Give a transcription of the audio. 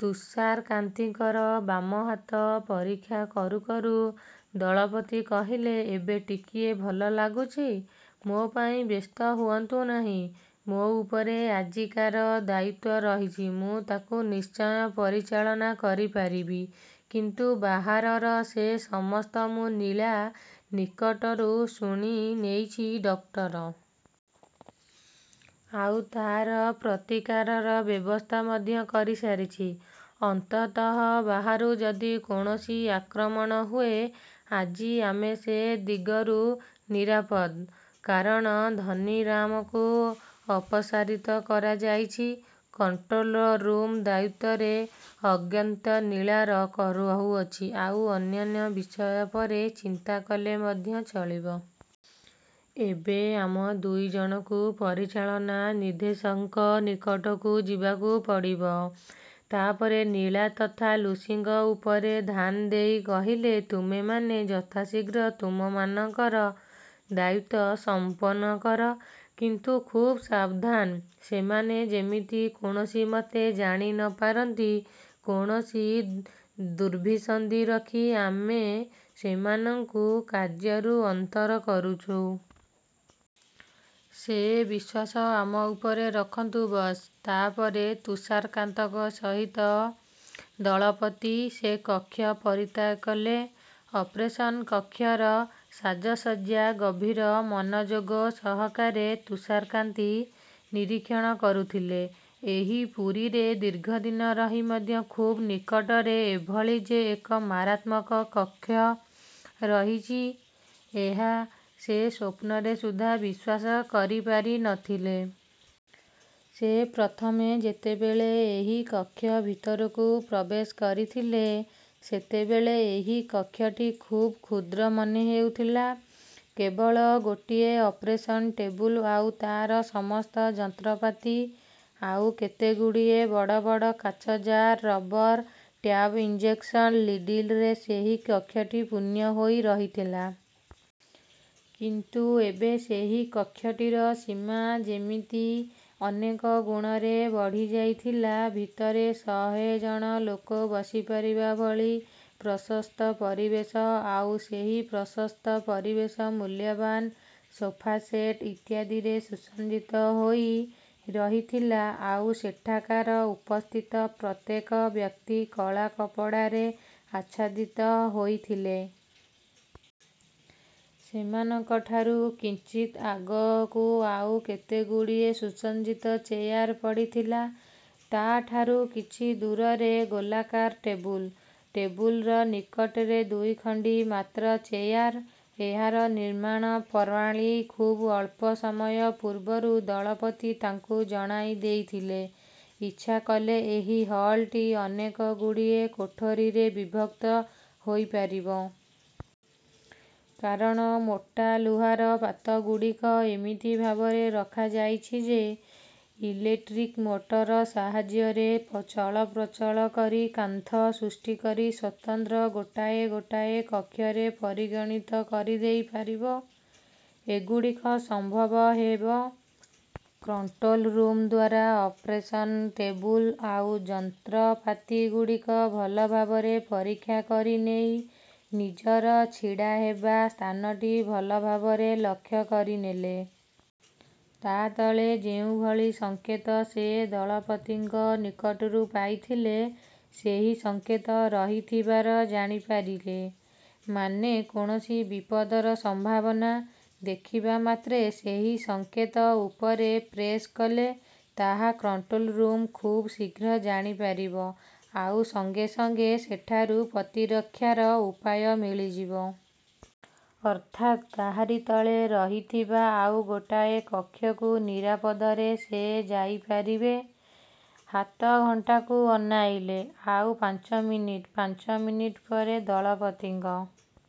ତୁଷାରକାନ୍ତିଙ୍କର ବାମ ହାତ ପରୀକ୍ଷା କରୁ କରୁ ଦଳପତି କହିଲେ ଏବେ ଟିକିଏ ଭଲ ଲାଗୁଛି? ମୋ ପାଇଁ ବ୍ୟସ୍ତ ହୁଅନ୍ତୁ ନାହିଁ। ମୋ ଉପରେ ଆଜିକାର ଦାୟିତ୍ୱ ରହିଛି ମୁଁ ତାକୁ ନିଶ୍ଚୟ ପରିଚାଳନା କରିପାରିବି। କିନ୍ତୁ ବାହାରର ସେ ସମସ୍ତ ମୁଁ ଲୀଳା ନିକଟରୁ ଶୁଣିନେଇଛି ଡକ୍ଟର। ଆଉ ତାର ପ୍ରତିକାରର ବ୍ୟବସ୍ଥା ମଧ୍ୟ କରିସାରିଛି। ଅନ୍ତତଃ ବାହାରୁ ଯଦି କୌଣସି ଆକ୍ରମଣ ହୁଏ ଆଜି ଆମେ ସେ ଦିଗରୁ ନିରାପଦ। କାରଣ ଧନୀରାମକୁ ଅପସାରିତ କରାଯାଉଛି। କଣ୍ଟ୍ରୋଲ୍ ରୁମ୍ ଦାୟିତ୍ୱରେ ଅଗତ୍ୟା ଲୀଳା ରହୁଛନ୍ତି। ଆଉ ଅନ୍ୟାନ୍ୟ ବିଷୟ ପରେ ଚିନ୍ତା କଲେ ମଧ୍ୟ ଚଳିବ। ଏବେ ଆମ ଦୁଇ ଜଣଙ୍କୁ ପରିଚାଳନା ନିର୍ଦ୍ଦେଶକଙ୍କ ନିକଟକୁ ଯିବାକୁ ପଡ଼ିବ। ତା’ ପରେ ଲୀଳା ତଥା ଲୁସିଙ୍କ ଉପରେ ଧ୍ୟାନ ଦେଇ କହିଲେ ତୁମେମାନେ ଯଥାଶୀଘ୍ର ତୁମମାନଙ୍କର ଦାୟିତ୍ୱ ସମ୍ପନ୍ନ କର। କିନ୍ତୁ ଖୁବ୍ ସାବଧାନ! ସେମାନେ ଯେମିତି କୌଣସିମତେ ଜାଣି ନ ପାରନ୍ତି କୌଣସି ଦୁର୍ଭିସନ୍ଧି ରଖି ଆମେ ସେମାନଙ୍କୁ କାର୍ଯ୍ୟରୁ ଅନ୍ତର କରୁଛୁ। ସେ ବିଶ୍ୱାସ ଆମ ଉପରେ ରଖନ୍ତୁ ବସ୍। ତା ପରେ ତୁଷାରକାନ୍ତିଙ୍କ ସହିତ ଦଳପତି ସେ କକ୍ଷ ପରିତ୍ୟାଗ କଲେ। ଅପରେସନ୍ କକ୍ଷର ସାଜସଜ୍ଜା ଗଭୀର ମନୋଯୋଗ ସହକାରେ ତୁଷାରକାନ୍ତି ନିରୀକ୍ଷଣ କରୁଥିଲେ। ଏହି ପୁରୀରେ ଦୀର୍ଘ ଦିନ ରହି ମଧ୍ୟ ଖୁବ୍ ନିକଟରେ ଏହିଭଳି ଯେ ଏକ ମାରାତ୍ମକ କକ୍ଷ ରହିଛି ଏହା ସେ ସ୍ୱପ୍ନରେ ସୁଦ୍ଧା ବିଶ୍ୱାସ କରିପାରି ନ ଥିଲେ। ସେ ପ୍ରଥମେ ଯେତେବେଳେ ଏହି କକ୍ଷ ଭିତରକୁ ପ୍ରବେଶ କରିଥିଲେ ସେତେବେଳେ ଏହି କକ୍ଷଟି ଖୁବ୍ କ୍ଷୁଦ୍ର ମନେ ହେଉଥିଲା। କେବଳ ଗୋଟିଏ ଅପରେସନ୍ ଟେବୁଲ୍ ଆଉ ତା’ର ସମସ୍ତ ଯନ୍ତ୍ରପାତି। ଆଉ କେତେଗୁଡ଼ିଏ ବଡ଼ ବଡ଼ କାଚ ଜାର୍ ରବର୍ ଟ୍ୟୁବ୍ ଇଞ୍ଜେକ୍ସନ୍ ନିଡିଲ୍‌ରେ ସେହି କକ୍ଷଟି ପୂର୍ଣ୍ଣ ହୋଇ ରହିଥିଲା। କିନ୍ତୁ ଏବେ ସେହି କକ୍ଷଟିର ସୀମା ଯେମିତି ଅନେକ ଗୁଣରେ ବଢ଼ିଯାଇଥିଲା। ଭିତରେ ଶହେ ଜଣ ଲୋକ ବସିପାରିବା ଭଳି ପ୍ରଶସ୍ତ ପରିବେଶ। ଆଉ ସେହି ପ୍ରଶସ୍ତ ପରିବେଶ ମୂଲ୍ୟବାନ୍ ସୋଫା ସେଟ୍ ଇତ୍ୟାଦିରେ ସୁସଜ୍ଜିତ ହୋଇ ରହିଥିଲା। ଆଉ ସେଠାକାର ଉପସ୍ଥିତ ପ୍ରତ୍ୟେକ ବ୍ୟକ୍ତି କଳା ପୋଷାକରେ ଆଚ୍ଛାଦିତ ହୋଇଥିଲେ। ସେମାନଙ୍କଠାରୁ କିଞ୍ଚିତ୍ ଆଗକୁ ଆଉ କେତେଗୁଡ଼ିଏ ସୁସଜ୍ଜିତ ଚେୟାର ପଡ଼ିଥିଲା। ତା ଠାରୁ କିଛି ଦୂରରେ ଗୋଲାକାର ଟେବୁଲ୍। ଟେବୁଲ୍ ନିକଟରେ ଦୁଇଖଣ୍ଡି ମାତ୍ର ଚେୟାର। ଏହାର ନିର୍ମାଣ ପ୍ରଣାଳୀ ଖୁବ୍ ଅଳ୍ପ ସମୟ ପୂର୍ବରୁ ଦଳପତି ତାଙ୍କୁ ଜଣାଇ ଦେଇଥିଲେ। ଇଚ୍ଛା କଲେ ଏହି ହଲ୍‌ଟି ଅନେକଗୁଡ଼ିଏ କୋଠରିରେ ବିଭକ୍ତ ହୋଇପାରିବ। କାରଣ ମୋଟା ଲୁହାର ପାତଗୁଡ଼ିକ ଏମିତି ଭାବରେ ରଖାଯାଇଛି ଯେ ଇଲେକ୍ଟ୍ରିକ୍ ମୋଟର ସାହାଯ୍ୟରେ ଚଳପ୍ରଚଳ କରି କାନ୍ଥ ସୃଷ୍ଟି କରି ସ୍ୱତନ୍ତ୍ର ଗୋଟାଏ ଗୋଟାଏ କକ୍ଷରେ ପରିଣତ କରିଦେଇ ପାରିବ। ଏଗୁଡ଼ିକ ସମ୍ଭବ ହେବ କଣ୍ଟ୍ରୋଲ୍ ରୁମ୍ ଦ୍ୱାରା। ଅପରେସନ୍ ଟେବୁଲ୍ ଆଉ ଯନ୍ତ୍ରପାତିଗୁଡ଼ିକ ଭଲ ଭାବରେ ପରୀକ୍ଷା କରି ନେଇ ନିଜର ଛିଡ଼ା ହେବା ସ୍ଥାନଟି ଭଲ ଭାବରେ ଲକ୍ଷ୍ୟ କରିନେଲେ। ତା ତଳେ ଯେଉଁଭଳି ସଙ୍କେତ ସେ ଦଳପତିଙ୍କ ନିକଟରୁ ପାଇଥିଲେ ସେହି ସଙ୍କେତ ରହିଥିବାର ଜାଣିପାରିଲେ। ମାନେ କୌଣସି ବିପଦର ସମ୍ଭାବନା ଦେଖିବା ମାତ୍ରେ ସେହି ସଙ୍କେତ ଉପରେ ପ୍ରେସ୍ କଲେ ତାହା କଣ୍ଟ୍ରୋଲ୍ ରୁମ୍ ଖୁବ୍ ଶୀଘ୍ର ଜାଣିପାରିବ ଆଉ ସଙ୍ଗେ ସଙ୍ଗେ ସେଠାରୁ ପ୍ରତିରକ୍ଷାର ଉପାୟ ମିଳିଯିବ। ଅର୍ଥାତ୍ ତାହାରି ତଳେ ରହିଥିବା ଆଉ ଗୋଟିଏ କକ୍ଷକୁ ନିରାପଦରେ ସେ ଯାଇପାରିବେ। ହାତଘଣ୍ଟାକୁ ଅନାଇଲେ ଆଉ ପାଞ୍ଚ ମିନିଟ୍। ପାଞ୍ଚ ମିନିଟ୍ ପରେ ଦଳପତିଙ୍କ